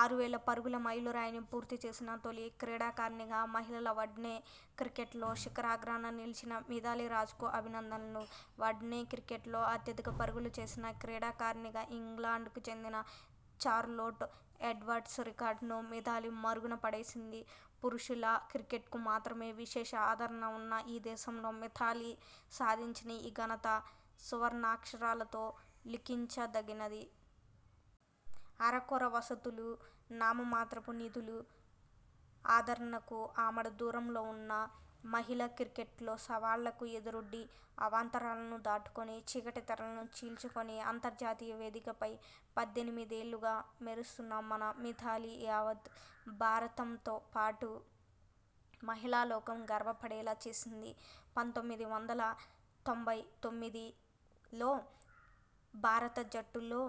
ఆరు వేల పరుగుల మైలురాయిని పూర్తి చేసిన తొలి క్రీడాకారిణిగా మహిళల వన్డే క్రికెట్లో శిఖరాగ్రాన నిలిచిన మిథాలీ రాజ్కు అభినందనలు. వన్డే క్రికెట్లో అత్యధిక పరుగులు చేసిన క్రీడాకారణిగా ఇంగ్లండ్కు చెందిన చార్లొట్ ఎడ్వర్డ్స్ రికార్డును మిథాలీ మరుగున పడేసింది. పురుషుల క్రికెట్కు మాత్రమే విశేష ఆదరణ ఉన్న ఈ దేశంలో మిథాలీ సాధించిన ఈ ఘనత సువర్ణాక్షరాలతో లిఖించదగినది. అరకొర వసతులు, నామమాత్రపు నిధులు, ఆదరణకు ఆమడ దూరంలో ఉన్న మహిళా క్రికెట్లో సవాళ్లకు ఎదురొడ్డి, అవాంతరాలను దాటుకొని, చీకటి తెరలను చీల్చుకొని అంతర్జాతీయ వేదికపై పద్దెనిమిదేళ్లుగా మెరుస్తున్న మన మిథాలీ యావత్ భారతంతోపాటు మహిళాలోకం గర్వపడేలా చేసింది. పంతొమ్మిది వందల తొంభై తొమ్మిదిలో భారత జట్టులో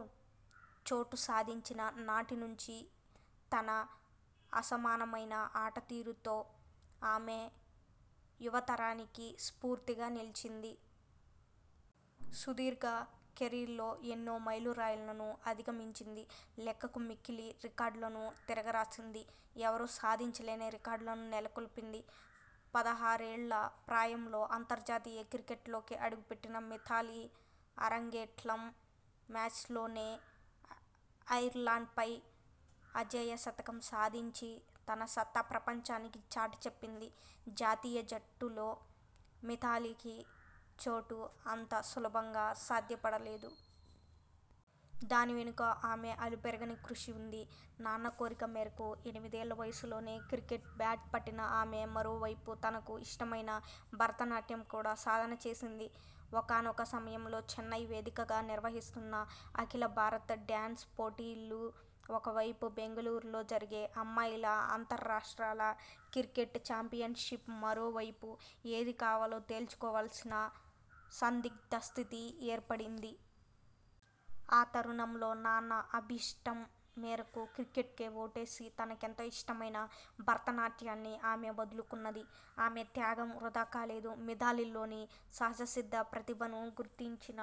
చోటు సాధించిన నాటినుంచి తన అసమానమైన ఆటతీరుతో ఆమె యువతరానికి స్ఫూర్తిగా నిలిచింది. సుదీర్ఘ కెరీర్లో ఎన్నో మైలురాళ్లను అధిగమించింది. లెక్కకు మిక్కిలి రికార్డులను తిరగరాసింది. ఎవరూ సాధించలేని రికార్డులను నెలకొల్పింది. పదహారేళ్ల ప్రాయంలో అంతర్జాతీయ క్రికెట్లోకి అడుగుపెట్టిన మిథాలీ అరంగేట్రం మ్యాచ్లోనే ఐర్లాండ్పై అజేయ శతకం సాధించి తన సత్తా ప్రపంచానికి చాటిచెప్పింది. జాతీయ జట్టులో మిథాలీకి చోటు అంత సులభంగా సాధ్యపడలేదు. దానివెనుక ఆమె అలుపెరుగని కృషి ఉంది. నాన్న కోరిక మేరకు ఎనిమిదేళ్ల వయసులోనే క్రికెట్ బ్యాట్ పట్టిన ఆమె మరోవైపు తనకు ఇష్టమైన భరత నాట్యం కూడా సాధన చేసింది. ఒకానొక సమయంలో చెన్నై వేదికగా నిర్వహిస్తున్న అఖిల భారత డ్యాన్స్ పోటీలు ఒకవైపు బెంగళూరులో జరిగే అమ్మాయిల అంతర్రాస్ట్రాల క్రికెట్ చాంపియన్షిప్ మరోవైపు ఏది కావాలో తేల్చుకోవాల్సిన సందిగ్ధ స్థితి ఏర్పడింది. ఆ తరుణంలో నాన్న అభీష్టం మేరకు క్రికెట్కే ఓటేసి, తనకెంతో ఇష్టమైన భరతనాట్యాన్ని ఆమె వదులుకున్నది. ఆమె త్యాగం వృథా కాలేదు. మిథాలీలోని సహజసిద్ధ ప్రతిభను గుర్తించిన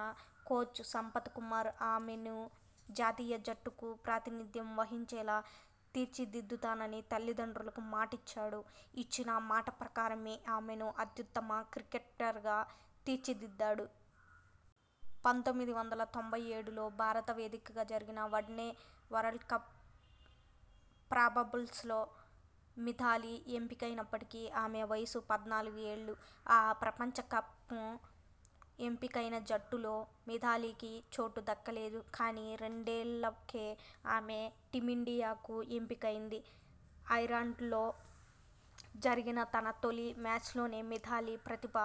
కోచ్ సంపత్ కుమార్ ఆమెను జాతీయ జట్టుకు ప్రాతినిధ్యం వహించేలా తీర్చిదిద్దుతానని తల్లిదండ్రులకు మాటిచ్చాడు. ఇచ్చిన మాటప్రకారమే ఆమెను అత్యుత్తమ క్రికెటర్గా తీర్చిదిద్దాడు. పంతొమ్మిది వందల తొంభై ఏడులో భారత వేదికగా జరిగిన వన్డే వరల్డ్కప్ ప్రాబబుల్స్లో మిథాలీ ఎంపికైనప్పటికి ఆమె వయసు పద్నాలుగు ఏళ్లు. ఆ ప్రపంచకప్కు ఎంపికైన జట్టులో మిథాలీకి చోటు దక్కలేదు. కానీ రెండేళ్లకే ఆమె టీమిండియాకు ఎంపికైంది. ఐర్లాండ్తో జరిగిన తన తొలి మ్యాచ్లోనే మిథాలీ ప్రతిభ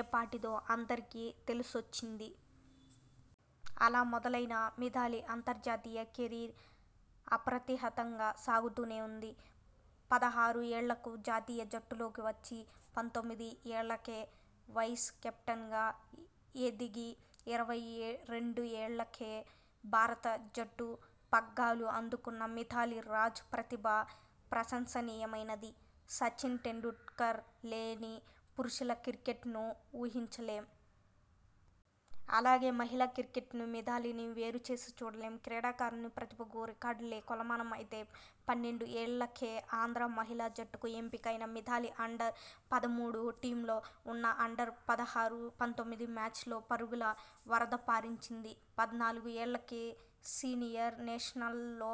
ఏపాటిదో అందరికీ తెలిసొచ్చింది. అలా మొదలైన మిథాలీ అంతర్జాతీయ కెరీర్ అప్రతిహతంగా సాగుతూనే ఉంది. పదహారు ఏళ్లకే జాతీయ జట్టులోకి వచ్చి, పంతొమ్మిది ఏళ్లకే వైస్ కెప్టెన్గా ఎదిగి ఇరవై రెండు ఏళ్లకే భారత జట్టు పగ్గాలు అందుకున్న మిథాలీ రాజ్ ప్రతిభ ప్రశంసనీయమైనది. సచిన్ టెండూల్కర్ లేని పురుషుల క్రికెట్ను ఊహించలేం. అలాగే మహిళా క్రికెట్నూ మిథాలీనీ వేరు చేసి చూడలేం. క్రీడాకారుని ప్రతిభకు రికార్డులే కొలమానం అయితే పన్నెండు ఏళ్లకే ఆంధ్రా మహిళా జట్టుకు ఎంపికైన మిథాలీ అండర్ పదమూడు టీమ్లో ఉన్నా అండర్ పదహారు, పంతొమ్మిది మ్యాచ్ల్లో పరుగుల వరద పారించింది. పద్నాలుగు ఏళ్లకే సీనియర్ నేషనల్స్లో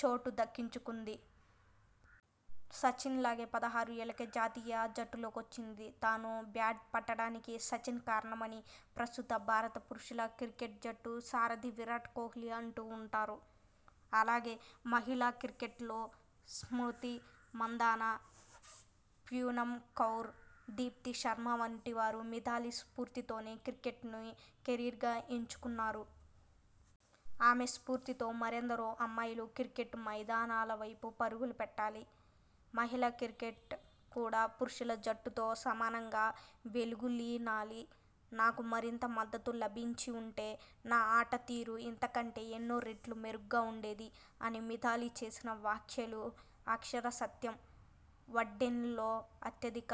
చోటు దక్కించుకుంది. సచిన్లాగే పదహారు ఏళ్లకే జాతీయ జట్టులోకొచ్చింది. తాను బ్యాట్ పట్టడానికి సచిన్ కారణమని ప్రస్తుత భారత పురుషుల క్రికెట్ జట్టు సారథి విరాట్ కోహ్లీ అంటూ ఉంటారు. అలాగే మహిళా క్రికెట్లో స్మృతి మంధాన, పూనమ్ కౌర్, దీప్తి శర్మ వంటి వారు మిథాలీ స్ఫూర్తితోనే క్రికెట్ను కెరీర్గా ఎంచుకున్నారు. ఆమె స్ఫూర్తితో మరెందరో అమ్మాయిలు క్రికెట్ మైదానాలవైపు పరుగులు పెట్టాలి. మహిళా క్రికెట్ కూడా పురుషుల జట్టుతో సమానంగా వెలుగులీనాలి. 'నాకు మరింత మద్దతు లభించి వుంటే నా ఆటతీరు ఇంతకంటే ఎన్నో రెట్లు మెరుగ్గా ఉండేది' అని మిథాలీ చేసిన వ్యాఖ్యలు అక్షర సత్యం. వన్డేల్లో అత్యధిక